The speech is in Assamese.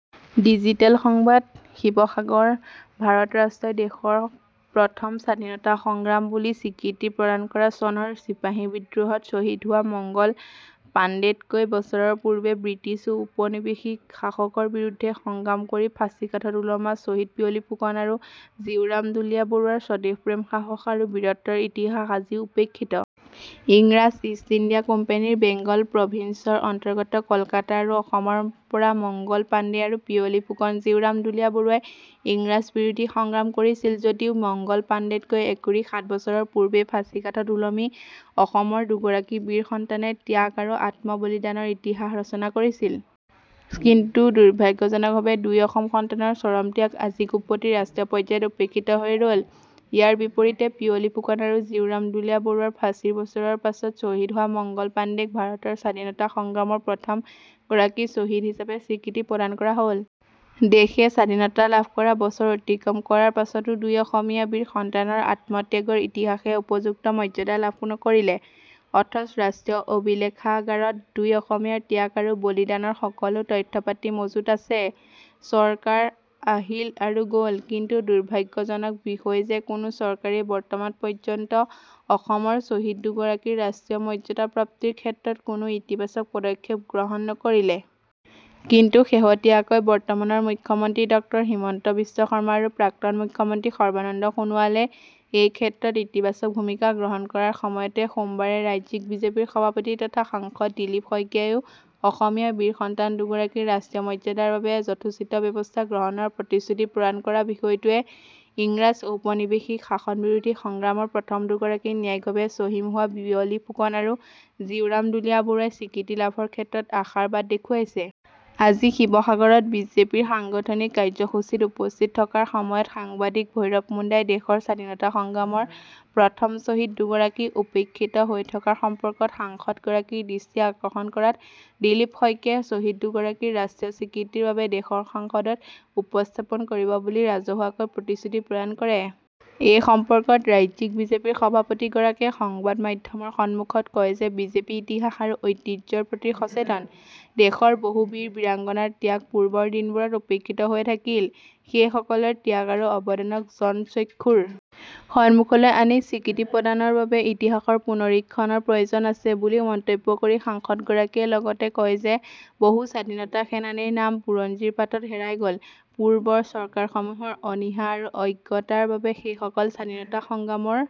ডিজিটেল সংবাদ, শিৱসাগৰঃ ভাৰত ৰাষ্ট্ৰই দেশৰ প্ৰথম স্বাধীনতা সংগ্ৰাম বুলি স্বীকৃতি প্ৰদান কৰা চনৰ চিপাহী বিদ্ৰোহত ছহিদ হোৱা মংগল পাণ্ডেতকৈ বছৰৰ পূৰ্বে ব্ৰিটিছ ঔপনিৱেশিক শাসকৰ বিৰুদ্ধে সংগ্ৰাম কৰি ফাঁচীকাঠত ওলমা ছহিদ পিয়লি ফুকন আৰু জীউৰাম দুলীয়া বৰুৱাৰ স্বদেশপ্ৰেম, সাহস আৰু বীৰত্বৰ ইতিহাস আজিও উপেক্ষিত। ইংৰাজ ইষ্ট ইণ্ডিয়া কোম্পানীৰ বেংগল প্ৰভিন্সৰ অন্তৰ্গত কলকাতা আৰু অসমৰ পৰা মংগল পাণ্ডে আৰু পিয়লি ফুকন-জীউৰাম দুলীয়া বৰুৱাই ইংৰাজ বিৰোধী সংগ্ৰাম কৰিছিল যদিও মংগল পাণ্ডেতকৈ একুৰি সাত বছৰৰ পূৰ্বেই ফাঁচীকাঠত ওলমি অসমৰ দুগৰাকী বীৰ সন্তানে ত্যাগ আৰু আত্মবলিদানৰ ইতিহাস ৰচনা কৰিছিল। কিন্তু দুৰ্ভাগ্যজনকভাৱে দুই অসম সন্তানৰ চৰম ত্যাগ আজিকোপতি ৰাষ্ট্ৰীয় পৰ্যায়ত উপেক্ষিত হৈয়ে ৰ'ল। ইয়াৰ বিপৰীতে পিয়লি ফুকন আৰু জীউৰাম দুলীয়া বৰুৱাৰ ফাঁচীৰ বছৰৰ পাছত ছহিদ হোৱা মংগল পাণ্ডেক ভাৰতৰ স্বাধীনতা সংগ্ৰামৰ প্ৰথম গৰাকী ছহিদ হিচাপে স্বীকৃতি প্ৰদান কৰা হ'ল। দেশে স্বাধীনতা লাভ কৰা বছৰ অতিক্ৰম কৰাৰ পাছতো দুই অসমীয়া বীৰ সন্তানৰ আত্মত্যাগৰ ইতিহাসে উপযুক্ত মৰ্য্যদা লাভ নকৰিলে। অথচ ৰাষ্ট্ৰীয় অভিলেখাগাৰত দুই অসমীয়াৰ ত্যাগ আৰু বলিদানৰ সকলো তথ্য-পাতি মজুত আছে। চৰকাৰ আহিল আৰু গ'ল কিন্তু দুৰ্ভাগ্যজনক বিষয় যে- কোনো চৰকাৰেই বৰ্তমান পৰ্য্যন্ত অসমৰ ছহিদ দুগৰাকীৰ ৰাষ্ট্ৰীয় মৰ্য্যদা প্ৰাপ্তিৰ ক্ষেত্ৰত কোনো ইতিবাচক পদক্ষেপ গ্ৰহণ নকৰিলে। কিন্তু শেহতীয়াকৈ বৰ্তমানৰ মুখ্যমন্ত্ৰী ড হিমন্ত বিশ্ব শৰ্মা আৰু প্ৰাক্তন মুখ্যমন্ত্ৰী সৰ্বানন্দ সোণোৱালে এই ক্ষেত্ৰত ইতিবাচক ভূমিকা গ্ৰহণ কৰাৰ সময়তে সোমবাৰে ৰাজ্যিক বিজেপিৰ সভাপতি তথা সাংসদ দিলীপ শইকীয়াইও অসমীয়া বীৰ সন্তান দুগৰাকীৰ ৰাষ্ট্ৰীয় মৰ্য্যদাৰ বাবে যথোচিত ব্যৱস্থা গ্ৰহণৰ প্ৰতিশ্ৰুতি প্ৰদান কৰা বিষয়টোৱে ইংৰাজ ঔপনিৱেশিক শাসন বিৰোধী সংগ্ৰামৰ প্ৰথম দুগৰাকী ন্যায়িকভাবে ছহিম হোৱা পিয়লি ফুকন আৰু জীউৰাম দুলীয়া বৰুৱাই স্বীকৃতি লাভৰ ক্ষেত্ৰত আশাৰ বাট দেখুৱাইছে। আজি শিৱসাগৰত বিজেপিৰ সাংগঠনিক কাৰ্য্যসূচীত উপস্থিত থকাৰ সময়ত সাংবাদিক ভৈৰব মুণ্ডাই দেশৰ স্বাধীনতা সংগ্ৰামৰ প্ৰথম ছহিদ দুগৰাকী উপেক্ষিত হৈ থকাৰ সম্পৰ্কত সাংসদ গৰাকীৰ দৃষ্টি আকৰ্ষণ কৰাত দিলীপ শইকীয়াই ছহিদ দুগৰাকীৰ ৰাষ্ট্ৰীয় স্বীকৃতিৰ বাবে দেশৰ সাংসদত উপস্থাপন কৰিব বুলি ৰাজহুৱাকৈ প্ৰতিশ্ৰুতি প্ৰদান কৰে। এই সম্পৰ্কত ৰাজ্যিক বিজেপিৰ সভাপতি গৰাকীয়ে সংবাদ মাধ্যমৰ সন্মুখত কয় যে বিজেপি ইতিহাস আৰু ঐতিহ্যৰ প্ৰতি সচেতন। দেশৰ বহু বীৰ বীৰাংগণাৰ ত্যাগ পূৰ্বৰ দিনবোৰত উপেক্ষিত হৈ থাকিল। সেই সকলৰ ত্যাগ আৰু অৱদানক জনচক্ষুৰ সন্মুখলৈ আনি স্বীকৃতি প্ৰদানৰ বাবে ইতিহাসৰ পুনৰীক্ষণৰ প্ৰয়োজন আছে বুলি মন্তব্য কৰি সাংসদগৰাকীয়ে লগতে কয় যে, বহু স্বাধীনতা সেনানীৰ নাম বুৰঞ্জীৰ পাতত হেৰাই গ'ল৷ পূৰ্বৰ চৰকাৰসমূহৰ অনীহা আৰু অজ্ঞতাৰ বাবে সেইসকল স্বাধীনতা সংগ্ৰামৰ